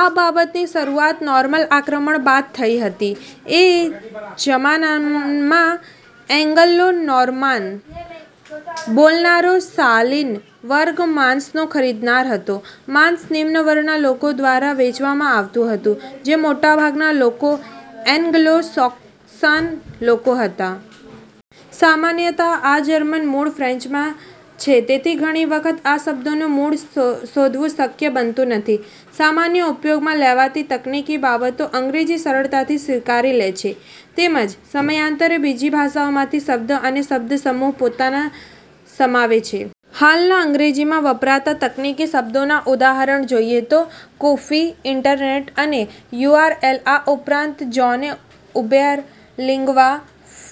આ બાબતની શરૂઆત નોર્માન આક્રમણ બાદ થઇ હતી. એ જમાનામાં એન્ગ્લો-નોર્માન બોલનારો શાલિન વર્ગ માંસનો ખરીદાર હતો. માંસ નિમ્ન વર્ગના લોકો દ્વારા વેચવામાં આવતું હતું. જે મોટા ભાગના લોકો એન્ગ્લો સાક્સોન લોકો હતા. સામાન્યતઃ આ જર્મન મૂળ ફ્રેન્ચમાં છે તેથી ઘણી વખત આ શબ્દોનું મૂળ શોધવું શક્ય બનતું નથી. સામાન્ય ઉપયોગમાં લેવાતી તકનિકી બાબતો અંગ્રેજી સરળતાથી સ્વીકારી લે છે. તેમજ સમયાંતરે બીજી ભાષાઓમાંથી શબ્દો અને શબ્દ સમૂહો પોતાનામાં સમાવે છે. હાલના અંગ્રેજીમાં વપરાતા તકનિકી શબ્દોનાં ઉદાહરણ જોઇએ તો કૂકી, ઇન્ટરનેટ અને યુઆરએલ આ ઉપરાંત જોન્રે, ઉબેર, લિન્ગ્વા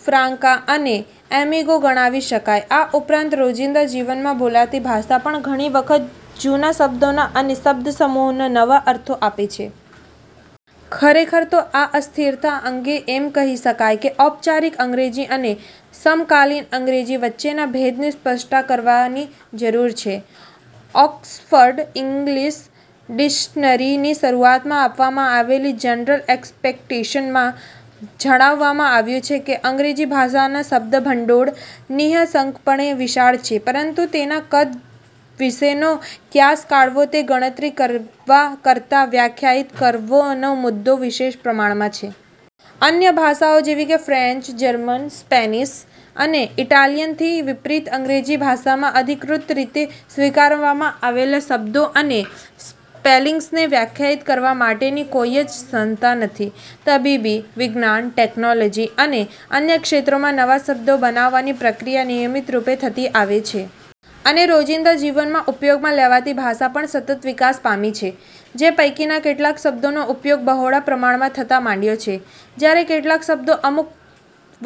ફ્રાન્કા અને એમિગો ગણાવી શકાય આ ઉપરાંત રોજિંદા જીવનમાં બોલાતી ભાષા પણ ઘણી વખત જૂના શબ્દોના અને શબ્દ સમૂહોના નવા અર્થો આપે છે. ખરેખર તો આ અસ્થિરતા અંગે એમ કહી શકાય કે ઔપચારિક અંગ્રેજી અને સમકાલિન અંગ્રેજી વચ્ચેના ભેદની સ્પષ્ટતા કરવાની જરૂર છે. ઓક્સફર્ડ ઇન્ગલિશ ડિક્શનરી ની શરૂઆતમાં આપવામાં આવેલી જનરલ એક્સપેક્ટેશન્સ માં ઝણાવવામાં આવ્યું છે કે: અંગ્રેજી ભાષાનો શબ્દભંડોળ નિઃશંકપણે વિશાળ છે પરંતુ તેના કદ વિશેનો ક્યાસ કાઢવો તે ગણતરી કરવા કરતાં વ્યાખ્યાયિત કરવાનો મુદ્દો વિશેષ પ્રમાણમાં છે. અન્ય ભાષાઓ જેવી કે ફ્રેન્ચ, જર્મન, સ્પેનિશ, અને ઇટાલિયન થી વિપરીત અંગ્રેજી ભાષામાં અધિકૃત રીતે સ્વીકારવામાં આવેલા શબ્દો અને સ્પેલિંગ્સને વ્યાખ્યાયિત કરવા માટેની કોઇ જ સંસ્થા નથી. તબીબી, વિજ્ઞાન, ટેકનોલોજી અને અન્ય ક્ષેત્રોમાં નવા શબ્દો બનાવવાની પ્રક્રિયા નિયમિતરૂપે થતી આવે છે. અને રોજિંદા જીવનમાં ઉપયોગમાં લેવાતી ભાષા પણ સતત વિકાસ પામી રહી છે. જે પૈકીના કેટલાક શબ્દોનો ઉપયોગ બહોલા પ્રમાણમાં થવા માંડ્યો છે; જ્યારે કેટલાક શબ્દો અમુક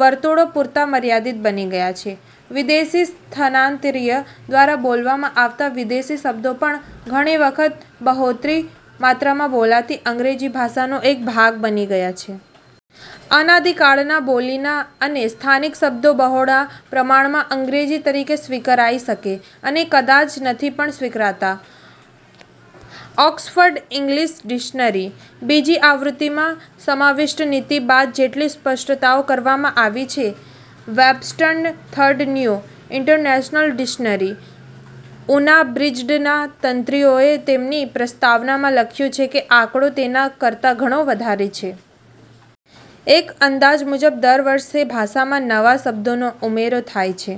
વર્તુળો પૂરતા મર્યાદિત બની ગયા છે. વિદેશી સ્થાનાંતરિતો દ્વારા બોલવામાં આવતા વિદેશી શબ્દો પણ ઘણી વખત બહોળી માત્રામાં બોલાતી અંગ્રેજી ભાષાનો એક ભાગ બની ગયા છે. અનાદિકાળના, બોલીના અને સ્થાનિક શબ્દો બહોળા પ્રમાણમાં "અંગ્રેજી" તરીકે સ્વીકારાઇ શકે છે અને કદાચ નથી પણ સ્વીકારાતા. ઓક્સફર્ડ ઇન્ગલિશ ડિક્શનરી, બીજી આવૃત્તિ માં સમાવિષ્ટ નીતિ બાદ જેટલી સ્પષ્ટતાઓ કરવામાં આવી છે. Webster's Third New International Dictionary, Unabridged ના તંત્રીઓએ તેમની પ્રસ્તાવનામાં લખ્યું છે કે આંકડો તેના કરતાં ઘણો વધારે છે. એક અંદાજ મુજબ દર વર્ષે ભાષામાં નવા શબ્દોનો ઉમેરો થાય છે.